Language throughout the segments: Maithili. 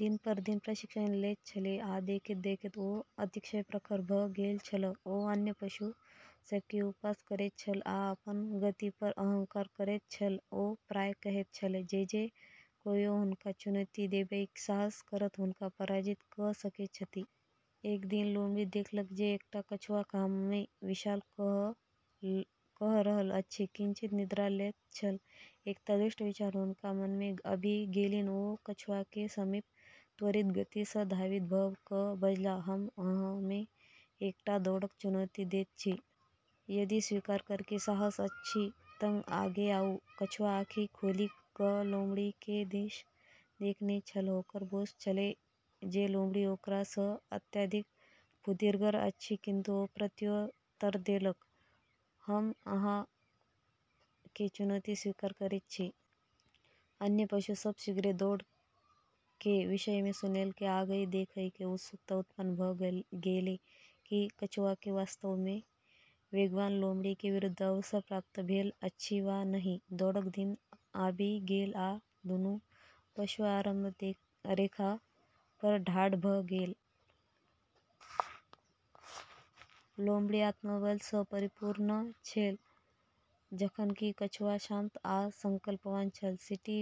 दिन पर दिन प्रशिक्षण लैत छलाह आ देखैत-देखैत ओ अतिशय प्रखर भऽ गेल छलाह। ओ अन्य पशु सभ केँ उपहास करैत छल आ अपन गति पर अहंकार करैत छल। ओ प्रायः कहैत छलाह जे जे कोयो हुनका चुनौती देबय के साहस करत हुनका पराजित कऽ सकैत छथि। एक दिन लोमड़ी देखलक जे एकटा कछुआ घाममे विश्राम कऽ रहल अछि, किंचित निद्रा लैत छल। एकटा दुष्ट विचार हुनका मन में आबि गेलनि। ओ कछुआ के समीप त्वरित गति सँ धावित भऽ कऽ बजलाह, "हम अहाँ केँ एकटा दौड़क चुनौती दैत छी। यदि स्वीकार करयके साहस अछि तँ आगे आउ।" कछुआ आँखि खोलि कऽ लोमड़ी के दिश देखने छल। ओकरा बोध छलै जे लोमड़ी ओकरा सँ अत्यधिक फुर्तिगर अछि, किंतु ओ प्रत्युत्तर देलक, "हम अहाँ के चुनौती स्वीकार करैत छी।" अन्य पशु सब शीघ्रे दौड़ के विषयमे सुनलकै आ ई देखयके उत्सुकता उत्पन्न भऽ गेलै कि कछुआके वास्तवमे वेगवान लोमड़ी के विरुद्ध अवसर प्राप्त भेल अछि वा नहि। दौड़क दिन आबि गेल आ दुनू पशु आरंभ रेखा पर ठाढ़ भऽ गेल। लोमड़ी आत्मबल सँ परिपूर्ण छल, जखन कि कछुआ शांत आ संकल्पवान छल। सीटी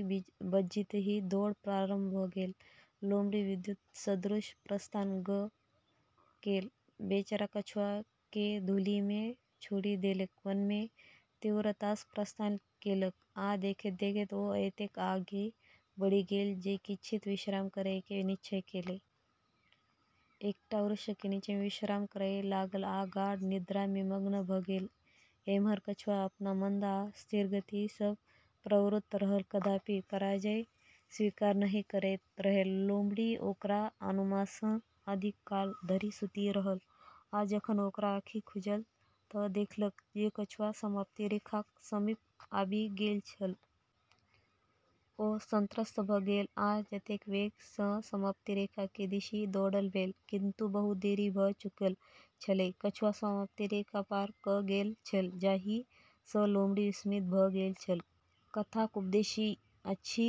बजितहिं दौड़ प्रारंभ भऽ गेल। लोमड़ी विद्युत सदृश प्रस्थान क' गेल, बेचारा कछुआ केँ धूलि में छोड़ि देलक। वनमे तीव्रतासँ प्रस्थान केलक, आ देखैत-देखैत ओ एतेक आगाँ बढ़ि गेल जे किंचित विश्राम करयके निश्चय केलक। एकटा वृक्ष के नीचाँमे विश्राम करय लागल आ गाढ़ निद्रा में मग्न भऽ गेल। एम्हर कछुआ अपन मंद आ स्थिर गति सँ प्रवृत्त रहल, कदापि पराजय स्वीकार नहि करैत रहल। लोमड़ी ओकरा अनुमानसँ अधिक काल धरि सूति रहल आ जखन ओकरा आँखि खुजल तँ ओ देखलक जे कछुआ समाप्ति रेखाक समीप आबि गेल छल। ओ संत्रस्त भऽ गेल आ जतेक वेग सँ समाप्ति रेखा के दिशि दौड़ल भेलै, किंतु बहुत देरी भऽ चुकल छलै। कछुआ समाप्ति रेखा पार क' गेल छल, जाहि सँ लोमड़ी विस्मित भऽ गेल छल। कथाक उपदेश ई अछि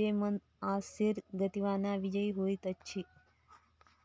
जे मंद आ स्थिर गतिवाने विजयी होइत अछि।